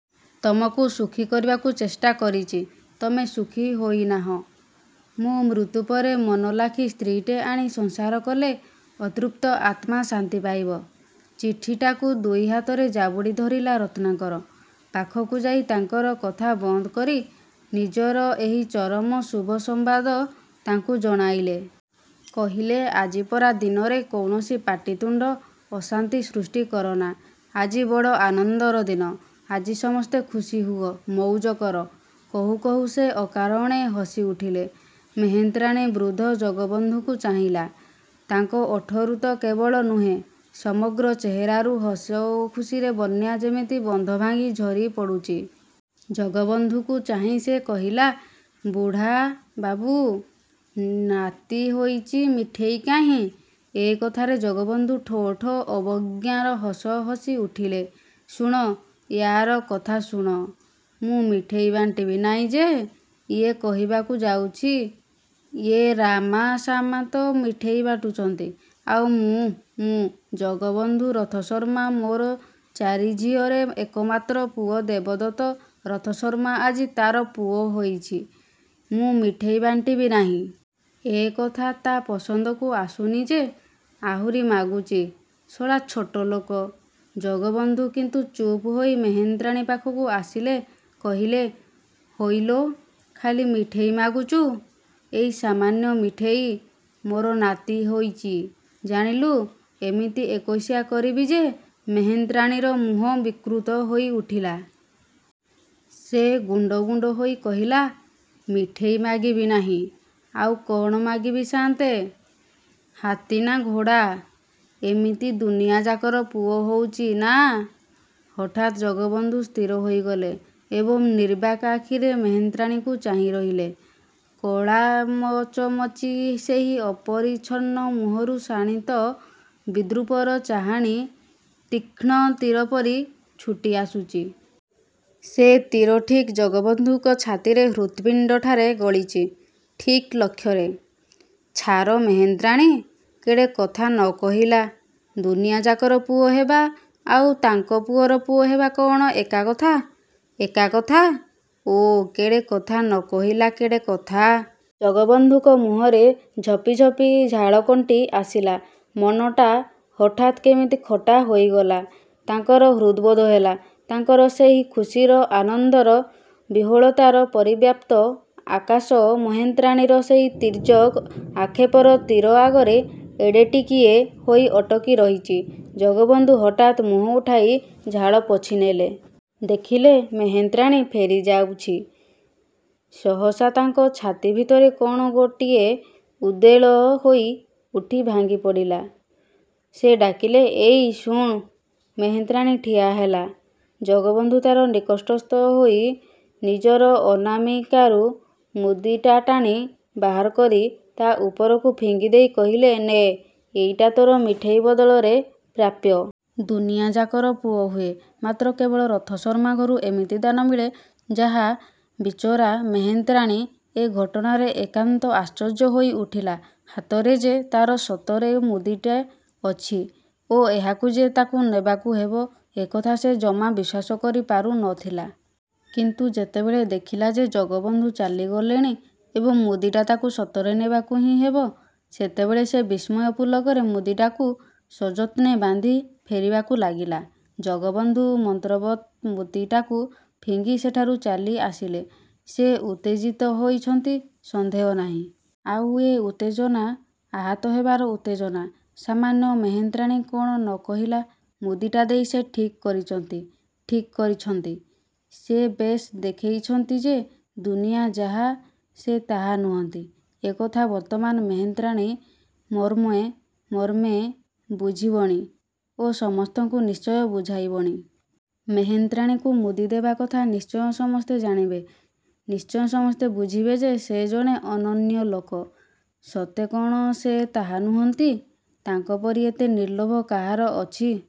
"ତମକୁ ସୁଖୀ କରିବାକୁ ଚେଷ୍ଟା କରିଚି, ତମେ ସୁଖୀ ହୋଇନାହଁ, ମୁଁ ମୃତ୍ୟୁ ପରେ ମନଲାଖି ସ୍ତ୍ରୀଟେ ଆଣି ସଂସାର କଲେ, ଅତୃପ୍ତ ଆତ୍ମା ଶାନ୍ତି ପାଇବ।"ଚିଠିଟାକୁ ଦୁଇ ହାତରେ ଜାବୁଡ଼ି ଧରିଲା ରତ୍ନାକର। ପାଖକୁ ଯାଇ ତାଙ୍କର କଥା ବନ୍ଦକରି ନିଜର ଏହି ଚରମ ଶୁଭ ସମ୍ବାଦ ତାଙ୍କୁ ଜଣାଇଲେ। କହିଲେ, "ଆଜିପରା ଦିନରେ କୌଣସି ପାଟିତୁଣ୍ଡ, ଅଶାନ୍ତି ସୃଷ୍ଟି କରନା। ଆଜି ବଡ଼ ଆନନ୍ଦର ଦିନ, ଆଜି ସମସ୍ତେ ଖୁସିହୁଅ, ମଉଜ କର।"କହୁ କହୁ ସେ ଅକାରଣେ ହସି ଉଠିଲେ। ମେହେନ୍ତ୍ରାଣୀ ବୃଦ୍ଧ ଜଗବନ୍ଧୁଙ୍କୁ ଚାହିଁଲା। ତାଙ୍କ ଓଠରୁ ତ କେବଳ ନୁହେଁ, ସମଗ୍ର ଚେହେରାରୁ ହସଓଖୁସିର ବନ୍ୟା ଯେମିତି ବନ୍ଧଭାଙ୍ଗି ଝରି ପଡ଼ୁଚି। ଜଗବନ୍ଧୁଙ୍କୁ ଚାହିଁ ସେ କହିଲା, "ବୁଢ଼ାବାବୁ, ନାତି ହୋଇଚି ମିଠେଇ କାହିଁ?" ଏ କଥାରେ ଜଗବନ୍ଧୁ ଠୋ ଠୋ ଅବଜ୍ଞାର ହସ ହସି ଉଠିଲେ। "ଶୁଣ, ୟା'ର କଥା ଶୁଣ। ମୁଁ ମିଠେଇ ବାଣ୍ଟିବି ନାଇଁ ଯେ, ୟେ କହିବାକୁ ଯାଉଚି। ୟେ ରାମା ଶାମା ତ ମିଠେଇ ବାଣ୍ଟୁଚନ୍ତି ଆଉ ମୁଁ ମୁଁ ଜଗବନ୍ଧୁ ରଥଶର୍ମା ମୋର ଚାରି ଝିଅରେ ଏକମାତ୍ର ପୁଅ ଦେବଦତ୍ତ ରଥଶର୍ମା ଆଜି ତାର ପୁଅ ହୋଇଚି, ମୁଁ ମିଠେଇ ବାଣ୍ଟିବି ନାହିଁ? ଏକଥା ତା' ପସନ୍ଦକୁ ଆସୁନି ଯେ, ଆହୁରି ମାଗୁଚି। ଶଳା ଛୋଟଲୋକ"ଜଗବନ୍ଧୁ କିନ୍ତୁ ଚୁପ୍ ହୋଇ ମେହେନ୍ତ୍ରାଣୀ ପାଖକୁ ଆସିଲେ କହିଲେ "ହଇଲୋ, ଖାଲି ମିଠେଇ ମାଗୁଚୁ? ଏଇ ସାମାନ୍ୟ ମିଠେଇ? ମୋର ନାତି ହୋଇଚି ଜାଣିଲୁ ଏମିତି ଏକୋଇଶିଆ କରିବି ଯେ"ମେହେନ୍ତ୍ରାଣୀର ମୁହଁ ବିକୃତ ହୋଇ ଉଠିଲା। ସେ ଗୁଣ୍ଡ ଗୁଣ୍ଡ ହୋଇ କହିଲା, "ମିଠେଇ ମାଗିବି ନାହିଁ, ଆଉ କ'ଣ ମାଗିବି ସାନ୍ତେ? ହାତୀ ନା ଘୋଡ଼ା? ଏମିତି ଦୁନିଆଯାକର ପୁଅ ହଉଚି ନାଆଁ" ହଠାତ୍ ଜଗବନ୍ଧୁ ସ୍ଥିର ହୋଇଗଲେ ଏବଂ ନିର୍ବାକ୍ ଆଖିରେ ମେହେନ୍ତ୍ରାଣୀକୁ ଚାହିଁ ରହିଲେ। କଳାମଚମଚି ସେହି ଅପରିଛନ୍ନ ମୁହଁରୁ ଶାଣିତ ବିଦ୍ରୂପର ଚାହାଣୀ ତୀକ୍ଷ୍ଣ ତୀରପରି ଛୁଟି ଆସୁଚି। ସେ ତୀର ଠିକ୍ ଜଗବନ୍ଧୁଙ୍କ ଛାତିରେ ହୃତ୍ପିଣ୍ଡଠାରେ ଗଳିଚି, ଠିକ୍ ଲକ୍ଷ୍ୟରେ। ଛାର ମେହେନ୍ତ୍ରାଣୀ, କେଡ଼େ କଥା ନ କହିଲା! ଦୁନିଆଯାକର ପୁଅ ହେବା ଆଉ ତାଙ୍କ ପୁଅର ପୁଅହେବା କଅଣ ଏକା କଥା? ଏକା କଥା? ଓଃ କେଡ଼େ କଥା ନ କହିଲା କେଡ଼େ କଥା। ଜଗବନ୍ଧୁଙ୍କ ମୁହଁରେ ଝପିଝପି ଝାଳ କଣ୍ଟି ଆସିଲା, ମନଟା ହଠାତ୍ କେମିତି ଖଟା ହୋଇଗଲା। ତାଙ୍କର ହୃଦବୋଧ ହେଲା, ତାଙ୍କର ସେହି ଖୁସିର, ଆନନ୍ଦର, ବିହ୍ୱଳତାର ପରିବ୍ୟାପ୍ତ ଆକାଶ ମେହେନ୍ତ୍ରାଣୀର ସେହି ତୀର୍ଯ୍ୟକ୍ ଆକ୍ଷେପର ତୀର ଆଗରେ ଏଡ଼େ ଟିକିଏ ହୋଇ ଅଟକି ରହିଚି। ଜଗବନ୍ଧୁ ହଠାତ୍ ମୁହଁ ଉଠାଇ ଝାଳ ପୋଛି ନେଲେ। ଦେଖିଲେ ମେହେନ୍ତ୍ରାଣୀ ଫେରି ଯାଉଚି। ସହସା ତାଙ୍କ ଛାତି ଭିତରେ କଣ ଗୋଟିଏ ଉଦ୍ବେଳ ହୋଇ ଉଠି ଭାଙ୍ଗି ପଡ଼ିଲା। ସେ ଡାକିଲେ, "ଏଇ ଶୁଣ୍।" ମେହେନ୍ତ୍ରାଣୀ ଠିଆ ହେଲା। ଜଗବନ୍ଧୁ ତାର ନିକସ୍ତସ୍ଥ ହୋଇ, ନିଜର ଅନାମିକାରୁ ମୁଦିଟା ଟାଣି ବାହାର କରି ତା' ଉପରକୁ ଫିଙ୍ଗି ଦେଇ କହିଲେ, "ନେ, ଏଇଟା ତୋର ମିଠେଇ ବଦଳରେ ପ୍ରାପ୍ୟ। ଦୁନିଆଯାକର ପୁଅ ହୁଏ, ମାତ୍ର କେବଳ ରଥଶର୍ମା ଘରୁ ଏମିତି ଦାନ ମିଳେ ଯାଃ" ବିଚରା ମେହେନ୍ତ୍ରାଣୀ ଏ ଘଟଣାରେ ଏକାନ୍ତ ଆଶ୍ଚର୍ଯ୍ୟ ହୋଇ ଉଠିଲା ହାତରେ ଯେ, ତାର ସତରେ ମୁଦିଟା ଅଛି ଓ ଏହାକୁ ଯେ, ତାକୁ ନେବାକୁ ହେବ ଏକଥା ସେ ଜମା ବିଶ୍ୱାସ କରିପାରୁ ନ ଥିଲା। କିନ୍ତୁ ଯେତେବେଳେ ଦେଖିଲା ଯେ, ଜଗବନ୍ଧୁ ଚାଲିଗଲେଣି ଏବଂ ମୁଦିଟା ତାକୁ ସତରେ ନେବାକୁ ହିଁ ହେବ, ସେତେବେଳେ ସେ ବିସ୍ମୟ ପୁଲକରେ ମୁଦିଟାକୁ ସଯତ୍ନେ ବାନ୍ଧି ଫେରିବାକୁ ଲାଗିଲା। ଜଗବନ୍ଧୁ ମନ୍ତ୍ରବତ୍ ମୁଦିଟାକୁ ଫିଙ୍ଗି ସେଠାରୁ ଚାଲି ଆସିଲେ। ସେ ଉତ୍ତେଜିତ ହୋଇଛନ୍ତି, ସନ୍ଦେହ ନାହିଁ। ଆଉ ଏ ଉତ୍ତେଜନା ଆହତ ହେବାର ଉତ୍ତେଜନା। ସାମାନ୍ୟ ମେହେନ୍ତ୍ରାଣୀ କ'ଣ ନ କହିଲା? ମୁଦିଟା ଦେଇ ସେ ଠିକ୍ କରିଚନ୍ତି, ଠିକ୍ କରିଛନ୍ତି। ସେ ବେଶ୍ ଦେଖେଇଚନ୍ତି ଯେ, ଦୁନିଆ ଯାହା ସେ ତାହା ନୁହନ୍ତି, ଏକଥା ବର୍ତ୍ତମାନ ମେହେନ୍ତ୍ରାଣୀ ମର୍ମେ ମର୍ମେ ବୁଝିବଣି ଓ ସମସ୍ତଙ୍କୁ ନିଶ୍ଚୟ ବୁଝାଇବଣି। ମେହେନ୍ତ୍ରାଣୀକୁ ମୁଦି ଦେବା କଥା ନିଶ୍ଚୟ ସମସ୍ତେ ଜାଣିବେ। ନିଶ୍ଚୟ ସମସ୍ତେ ବୁଝିବେ ଯେ ସେ ଜଣେ ଅନନ୍ୟ ଲୋକ। ସତେ କ'ଣ ସେ ତାହା ନୁହନ୍ତି? ତାଙ୍କପରି ଏତେ ନିର୍ଲୋଭ କାହାର ଅଛି?